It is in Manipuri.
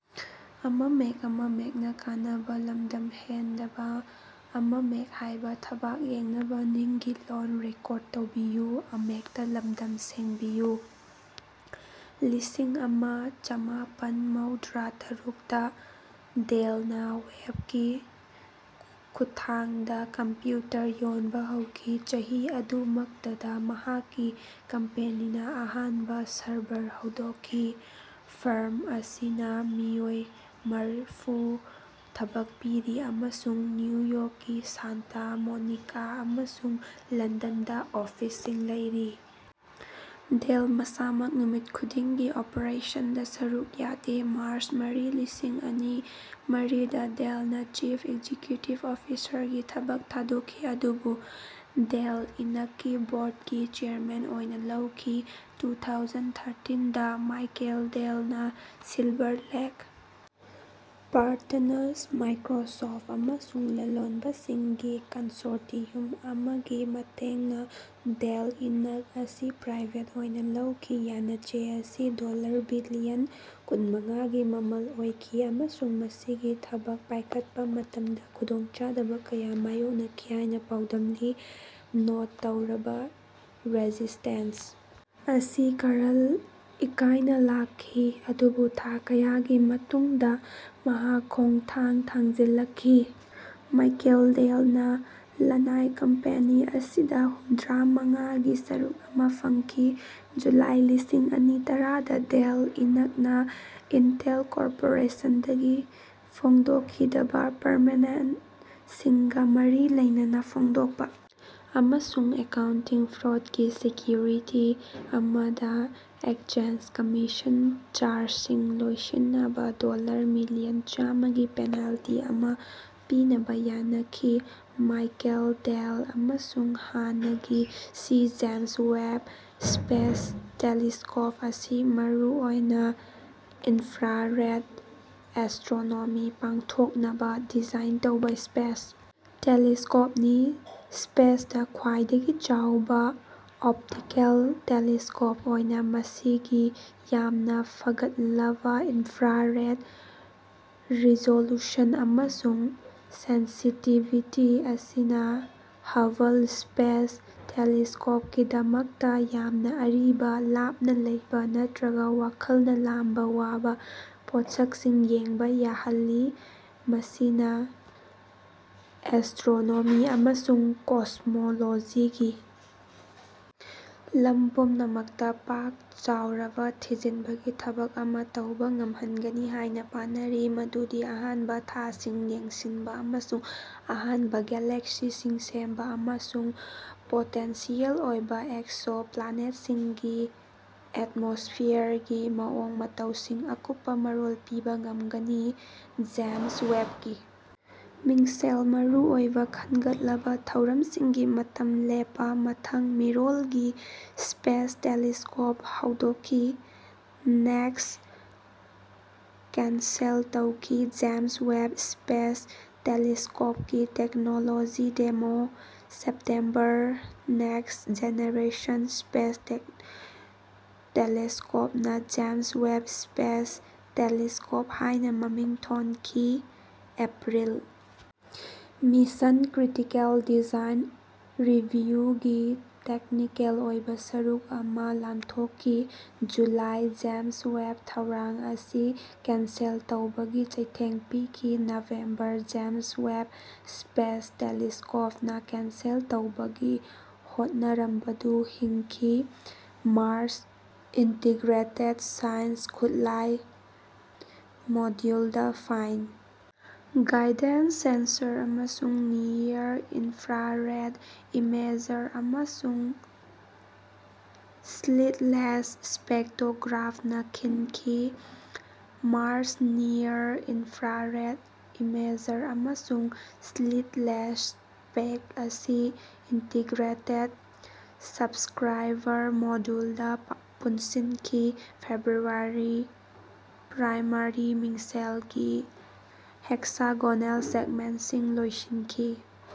ꯂꯤꯁꯤꯡ ꯑꯃ ꯆꯃꯥꯄꯟ ꯃꯧꯗ꯭ꯔꯥ ꯇꯔꯨꯛꯇ ꯗꯦꯜꯅꯥ ꯋꯦꯕꯀꯤ ꯈꯨꯠꯊꯥꯡꯗꯥ ꯀꯝꯄ꯭ꯌꯨꯇꯔ ꯌꯣꯟꯕꯥ ꯍꯧꯈꯤ꯫ ꯆꯍꯤ ꯑꯗꯨꯃꯛꯇꯗꯥ ꯃꯍꯥꯛꯀꯤ ꯀꯝꯄꯦꯅꯤꯅꯥ ꯑꯍꯥꯟꯕꯥ ꯁꯔꯚꯔ ꯍꯧꯗꯣꯛꯈꯤ꯫ ꯐꯥꯔꯝ ꯑꯁꯤꯅꯥ ꯃꯤꯑꯣꯏ ꯃꯔꯐꯨ ꯊꯕꯛ ꯄꯤꯔꯤ ꯑꯃꯁꯨꯡ ꯅ꯭ꯌꯨ ꯌꯣꯔꯛ ꯁꯥꯟꯇꯥ ꯃꯣꯅꯤꯀꯥ ꯑꯃꯁꯨꯡ ꯂꯟꯗꯟꯗꯥ ꯑꯣꯐꯤꯁꯁꯤꯡ ꯂꯩꯔꯤ꯫ ꯗꯦꯜ ꯃꯁꯥꯃꯛ ꯅꯨꯃꯤꯠ ꯈꯨꯗꯤꯡꯒꯤ ꯑꯣꯄꯔꯦꯁꯟꯁꯤꯡꯗꯥ ꯁꯔꯨꯛ ꯌꯥꯗꯦ꯫ ꯃꯥꯔꯆ ꯃꯔꯤ ꯂꯤꯁꯤꯡ ꯑꯅꯤ ꯃꯔꯤꯗꯥ ꯗꯦꯜꯅꯥ ꯆꯤꯐ ꯑꯦꯛꯖꯤꯀ꯭ꯌꯨꯇꯤꯚ ꯑꯣꯐꯤꯁꯔ ꯒꯤ ꯊꯕꯛ ꯊꯥꯗꯣꯛꯈꯤ ꯑꯗꯨꯕꯨ ꯗꯦꯜ ꯏꯅꯛꯀꯤ ꯕꯣꯔꯗꯀꯤ ꯆꯦꯌꯔꯃꯦꯟ ꯑꯣꯏꯅꯥ ꯂꯩꯈꯤ꯫ ꯇꯨ ꯊꯥꯎꯖꯟ ꯊꯥꯔꯇꯤꯟꯗꯥ ꯃꯥꯏꯀꯦꯜ ꯗꯦꯜꯅꯥ ꯁꯤꯜꯚꯔ ꯂꯦꯛ ꯄꯥꯔꯇꯅꯔꯁ ꯃꯥꯏꯀ꯭ꯔꯣꯁꯣꯐꯠ ꯑꯃꯁꯨꯡ ꯂꯂꯣꯟꯕꯁꯤꯡꯒꯤ ꯀꯟꯁꯣꯔꯇꯤꯌꯨꯝ ꯑꯃꯒꯤ ꯃꯇꯦꯡꯅꯥ ꯗꯦꯜ ꯏꯟꯛ ꯑꯁꯤ ꯄ꯭ꯔꯥꯏꯕꯦꯠ ꯑꯣꯏꯅꯥ ꯂꯧꯈꯤ꯫ ꯌꯥꯅꯆꯦ ꯑꯁꯤ ꯗꯣꯜꯂꯔ ꯕꯤꯂꯤꯌꯟ ꯀꯨꯟꯃꯉꯥꯒꯤ ꯃꯃꯜ ꯑꯣꯏꯈꯤ ꯑꯃꯁꯨꯡ ꯃꯁꯤꯒꯤ ꯊꯥꯕꯛ ꯄꯥꯏꯈꯠꯄꯥ ꯃꯇꯝꯗꯥ ꯈꯨꯗꯣꯡꯆꯥꯗꯕꯥ ꯀꯌꯥ ꯃꯥꯌꯣꯛꯅꯈꯤ ꯍꯥꯏꯅꯥ ꯄꯥꯎꯗꯝꯂꯤ꯫ ꯅꯣꯠ ꯇꯧꯔꯕꯥ ꯔꯦꯖꯤꯁ꯭ꯇꯦꯟꯁ ꯑꯁꯤ ꯀꯥꯔꯜ ꯏꯀꯥꯏꯅꯥ ꯂꯥꯛꯈꯤ ꯑꯗꯨꯕꯨ ꯊꯥ ꯀꯌꯥꯒꯤ ꯃꯇꯨꯡꯗꯥ ꯃꯍꯥꯛ ꯈꯣꯡꯊꯥꯡ ꯊꯥꯡꯖꯤꯜꯂꯛꯈꯤ꯫ ꯃꯥꯏꯀꯦꯜ ꯗꯦꯜꯅꯥ ꯂꯅꯥꯏ ꯀꯝꯄꯦꯅꯤ ꯑꯁꯤꯗꯥ ꯍꯨꯝꯗ꯭ꯔꯥꯃꯉꯥꯒꯤ ꯁꯔꯨꯛ ꯑꯃꯥ ꯐꯪꯈꯤ꯫ ꯖꯨꯂꯥꯏ ꯂꯤꯁꯤꯡ ꯑꯅꯤ ꯇꯔꯥꯗꯥ ꯗꯦꯜ ꯏꯅꯛꯅꯥ ꯏꯟꯇꯦꯜ ꯀꯣꯔꯄꯣꯔꯦꯁꯟꯗꯒꯤ ꯐꯣꯡꯗꯣꯛꯈꯤꯗꯕꯥ ꯄꯔꯃꯦꯅꯦꯟꯠꯁꯤꯡꯒꯥ ꯃꯔꯤ ꯂꯩꯅꯅꯥ ꯐꯣꯡꯗꯣꯛꯄꯥ ꯑꯃꯁꯨꯡ ꯑꯦꯀꯥꯎꯟꯇꯤꯡ ꯐ꯭ꯔꯣꯗꯀꯤ ꯁꯦꯀ꯭ꯌꯨꯔꯤꯇꯤ ꯑꯃꯗꯥ ꯑꯦꯛꯆꯦꯟꯁ ꯀꯃꯤꯁꯟ ꯆꯥꯔꯖꯁꯤꯡ ꯂꯣꯏꯁꯤꯟꯅꯕꯥ ꯗꯣꯜꯂꯔ ꯃꯤꯂꯤꯌꯟ ꯆꯥꯝꯃꯒꯤ ꯄꯦꯅꯥꯜꯇꯤ ꯑꯃꯥ ꯄꯤꯅꯕꯥ ꯌꯥꯅꯈꯤ꯫ ꯃꯥꯏꯀꯦꯜ ꯗꯦꯜ ꯑꯃꯁꯨꯡ ꯍꯥꯟꯅꯒꯤ ꯁꯤ ꯖꯦꯝꯁ ꯋꯦꯕ ꯁ꯭ꯄꯦꯁ ꯇꯦꯂꯤꯁꯀꯣꯞ ꯑꯁꯤ ꯃꯔꯨꯑꯣꯏꯅ ꯏꯟꯐ꯭ꯔꯥꯔꯦꯗ ꯑꯦꯁꯇ꯭ꯔꯣꯅꯣꯃꯤ ꯄꯥꯡꯊꯣꯛꯅꯕ ꯗꯤꯖꯥꯏꯟ ꯇꯧꯕ ꯁ꯭ꯄꯦꯁ ꯇꯦꯂꯤꯁꯀꯣꯞꯅꯤ꯫ ꯁ꯭ꯄꯦꯁꯇꯥ ꯈ꯭ꯋꯥꯏꯗꯒꯤ ꯆꯥꯎꯕ ꯑꯣꯞꯇꯤꯀꯦꯜ ꯇꯦꯂꯤꯁꯀꯣꯞ ꯑꯣꯏꯅ ꯃꯁꯤꯒꯤ ꯌꯥꯝꯅ ꯐꯒꯠꯂꯕ ꯏꯟꯐ꯭ꯔꯥꯔꯦꯗ ꯔꯤꯖꯣꯂꯨꯁꯟ ꯑꯃꯁꯨꯡ ꯁꯦꯟꯁꯤꯇꯤꯕꯤꯇꯤ ꯑꯁꯤꯅ ꯍꯕꯜ ꯁ꯭ꯄꯦꯁ ꯇꯦꯂꯤꯁꯀꯣꯞꯀꯤꯗꯃꯛꯇꯥ ꯌꯥꯝꯅ ꯑꯔꯤꯕ ꯂꯥꯞꯅ ꯂꯩꯕ ꯅꯠꯇ꯭ꯔꯒ ꯋꯥꯈꯜꯅ ꯂꯥꯝꯕ ꯋꯥꯕ ꯄꯣꯠꯁꯛꯁꯤꯡ ꯌꯦꯡꯕ ꯌꯥꯍꯜꯂꯤ꯫ ꯃꯁꯤꯅ ꯑꯦꯁꯇ꯭ꯔꯣꯅꯣꯃꯤ ꯑꯃꯁꯨꯡ ꯀꯣꯁꯃꯣꯂꯣꯖꯤꯒꯤ ꯂꯝ ꯄꯨꯝꯅꯃꯛꯇꯥ ꯄꯥꯛ ꯆꯥꯎꯔꯕ ꯊꯤꯖꯤꯟꯕꯒꯤ ꯊꯕꯛ ꯑꯃꯥ ꯇꯧꯕ ꯉꯝꯍꯟꯒꯅꯤ ꯍꯥꯏꯅ ꯄꯥꯅꯔꯤ ꯃꯗꯨꯗꯤ ꯑꯍꯥꯟꯕ ꯊꯥꯁꯤꯡ ꯌꯦꯡꯁꯤꯟꯕ ꯑꯃꯁꯨꯡ ꯑꯍꯥꯟꯕ ꯒꯦꯂꯦꯛꯁꯤꯁꯤꯡ ꯁꯦꯝꯕ ꯑꯃꯁꯨꯡ ꯄꯣꯇꯦꯟꯁꯤꯌꯦꯜ ꯑꯣꯏꯕ ꯑꯦꯛꯁꯣ ꯄ꯭ꯂꯥꯅꯦꯠꯁꯤꯡꯒꯤ ꯑꯦꯠꯃꯣꯁꯐꯤꯌꯔꯒꯤ ꯃꯑꯣꯡ ꯃꯇꯧꯁꯤꯡ ꯑꯀꯨꯞꯄ ꯃꯔꯣꯜ ꯄꯤꯕ ꯉꯝꯒꯅꯤ꯫ ꯖꯦꯝꯁ ꯋꯦꯕꯀꯤ ꯃꯤꯡꯁꯦꯜ ꯃꯔꯨꯑꯣꯏꯕ ꯈꯟꯒꯠꯂꯕ ꯊꯧꯔꯝꯁꯤꯡꯒꯤ ꯃꯇꯝ ꯂꯦꯞꯄ ꯃꯊꯪ ꯃꯤꯔꯣꯜꯒꯤ ꯁ꯭ꯄꯦꯁ ꯇꯦꯂꯤꯁꯀꯣꯞ ꯍꯧꯗꯣꯛꯈꯤ꯫ ꯅꯦꯛꯁ ꯀꯦꯟꯁꯦꯜ ꯇꯧꯈꯤ ꯖꯦꯝꯁ ꯋꯦꯕ ꯁ꯭ꯄꯦꯁ ꯇꯦꯂꯦꯁꯀꯣꯞꯀꯤ technology demo. September next generation space ꯇꯦꯂꯦꯁꯀꯣꯞꯅ ꯖꯦꯝꯁ ꯋꯦꯕ ꯁ꯭ꯄꯦꯁ ꯇꯦꯂꯤꯁꯀꯣꯞ ꯍꯥꯏꯅ ꯃꯃꯤꯡ ꯊꯣꯟꯈꯤ꯫ April mission critical design review ꯒꯤ ꯇꯦꯛꯅꯤꯀꯦꯜ ꯑꯣꯏꯕꯥ ꯁꯔꯨꯛ ꯑꯃꯥ ꯂꯥꯟꯊꯣꯛꯈꯤ꯫ ꯖꯨꯂꯥꯏ ꯖꯦꯝꯁ ꯋꯦꯕ ꯊꯧꯔꯥꯡ ꯑꯁꯤ ꯀꯦꯟꯁꯦꯜ ꯇꯧꯕꯒꯤ ꯆꯩꯊꯦꯡ ꯄꯤꯈꯤ꯫ ꯅꯕꯦꯝꯕꯔ ꯖꯦꯝꯁ ꯋꯦꯕ ꯁ꯭ꯄꯦꯁ ꯇꯦꯂꯤꯁꯀꯣꯞꯅꯥ ꯀꯦꯟꯁꯦꯜ ꯇꯧꯕꯒꯤ ꯍꯣꯠꯅꯔꯝꯕꯗꯨ ꯍꯤꯡꯈꯤ꯫ꯃꯥꯔꯆ: ꯏꯟꯇꯤꯒ꯭ꯔꯦꯇꯦꯗ ꯁꯥꯏꯟꯁ ꯈꯨꯠꯂꯥꯏ ꯃꯣꯗ꯭ꯌꯨꯜꯗ ꯐꯥꯏꯟ ꯒꯥꯏꯗꯦꯟꯁ ꯁꯦꯟꯁꯔ ꯑꯃꯁꯨꯡ ꯅꯤꯌꯔ ꯏꯟꯐ꯭ꯔꯥꯔꯦꯗ ꯏꯃꯦꯖꯔ ꯑꯃꯁꯨꯡ ꯁ꯭ꯂꯤꯠꯂꯦꯁ ꯁ꯭ꯄꯦꯛꯇꯣꯒ꯭ꯔꯥꯞꯅꯥ ꯈꯤꯟꯈꯤ꯫ ꯃꯥꯔꯆ ꯅꯤꯌꯔ ꯏꯟꯐ꯭ꯔꯥꯔꯦꯗ ꯏꯃꯦꯖꯔ ꯑꯃꯁꯨꯡ ꯁ꯭ꯂꯤꯠꯂꯦꯁ ꯄꯦꯛ ꯑꯁꯤ ꯏꯟꯇꯤꯒ꯭ꯔꯦꯇꯦꯗ ꯁꯕꯁꯀ꯭ꯔꯥꯏꯕꯔ ꯃꯣꯗꯨꯜ ꯗꯥ ꯄꯨꯟꯁꯤꯟꯈꯤ꯫ ꯐꯦꯕ꯭ꯔꯨꯋꯥꯔꯤ ꯄ꯭ꯔꯥꯏꯃꯥꯔꯤ ꯃꯤꯡꯁꯦꯜꯒꯤ ꯍꯦꯛꯁꯥꯒꯣꯅꯦꯜ ꯁꯦꯒꯃꯦꯟꯠꯁꯤꯡ ꯂꯣꯏꯁꯤꯟꯈꯤ꯫